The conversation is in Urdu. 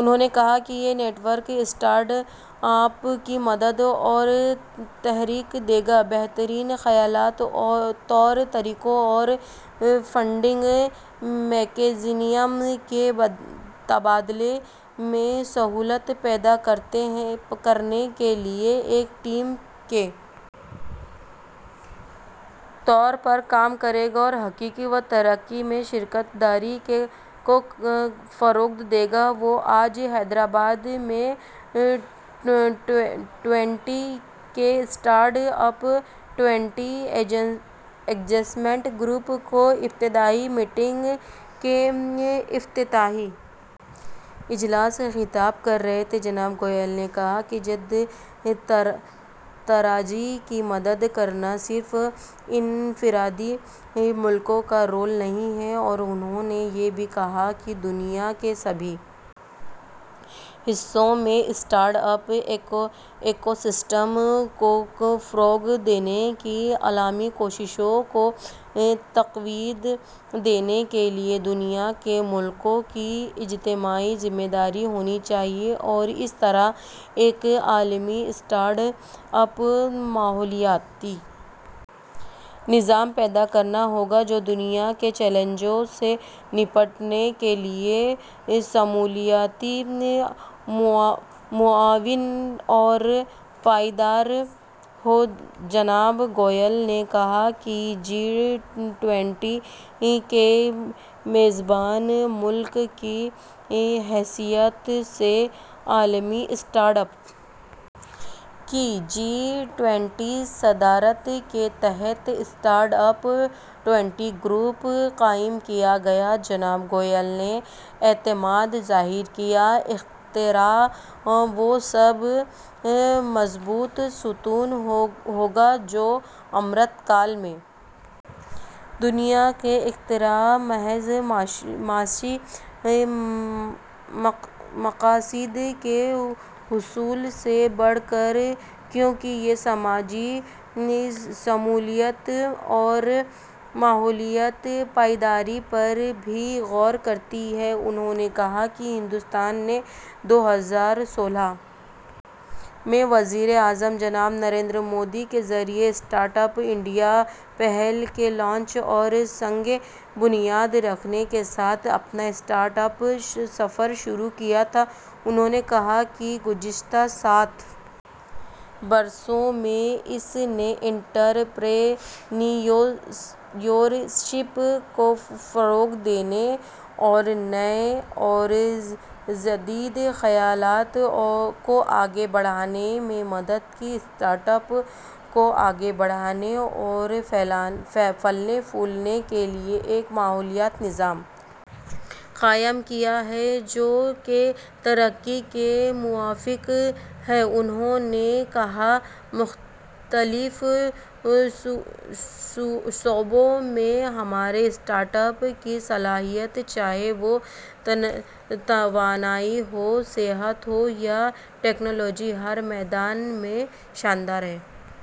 انھوں نے کہا کہ یہ نیٹ ورک اسٹارٹ اپ کی مدد اور تحریک دے گا بہترین خیالات طور طریقوں اور فنڈنگ میکانزم کے تبادلے میں سہولت پیدا کرنے کے لیے ایک ٹیم کے طور پر کام کرے گا اور تحقیق و ترقی میں شراکت داری کو فروغ دے گا وہ آج حیدرآباد میں جی ٹوئنٹی کے startup twenty engagement group کی ابتدائی میٹنگ کے افتتاحی اجلاس سے خطاب کر رہے تھے جناب گوئل نے کہا کہ جدت طرازی کی مدد کرنا صرف انفرادی ملکوں کا رول نہیں ہے اور انہوں نے یہ بھی کہا کہ دنیا کے سبھی حصوں میں اسٹارٹ اپ ایکوسسٹم کو فروغ دینے کی عالمی کوششوں کو تقویت دینے کے لیے دنیا کے ملکوں کی اجتماعی ذمہ داری ہونی چاہیے اور اس طرح ایک عالمی اسٹارٹ اپ ماحولیاتی نظام پیدا کرنا ہوگا جو دنیا کے چیلنجوں سے نمٹنے کے لیے شمولیاتی معاون اور پائیدار ہو جناب گوئل نے کہا کہ جی ٹوئنٹی کے میزبان ملک کی حیثیت سے عالمی اسٹارٹ اپ کی جی ٹوئنٹی صدارت کے تحت اسٹارٹ اپ ٹوئنٹی گروپ قائم کیا گیا تھا جناب گوئل نے اعتماد ظاہر کیا کہ اختراع وہ سب سے مضبوط ستون ہو گا جو امرت کال میں دنیا میں اختراع محض معاشی مقاصد کے حصول سے بڑھ کر ہے کیونکہ یہ سماجی شمولیت اور ماحولیاتی پائیداری پر بھی غور کرتی ہے انہوں نے کہا کہ ہندوستان نے دو ہزار سولہ میں وزیر اعظم جناب نریندر مودی کے ذریعہ اسٹارٹ اپ انڈیا پہل کے لانچ اور سنگ بنیاد رکھنے کے ساتھ اپنا اسٹارٹ اپ سفر شروع کیا تھا انہوں نے کہا کہ گزشتہ سات برسوں میں اس نے انترپرینیورشپ کو فروغ دینے اور نئے اور جدید خیالات کو آگے بڑھانے میں مدد کی ہے اسٹارٹ اپ کو آگے بڑھانے اور پھلنے پھولنے کے لیے ایک ماحولیاتی نظام قائم کیا ہے جو کہ ترقی کے موافق ہے انہوں نے کہا کہ مختلف شعبوں میں ہمارے اسٹارٹ اپ کی صلاحیت چاہے وہ توانائی ہو صحت ہو یا ٹیکنالوجی ہر میدان میں شاندار ہے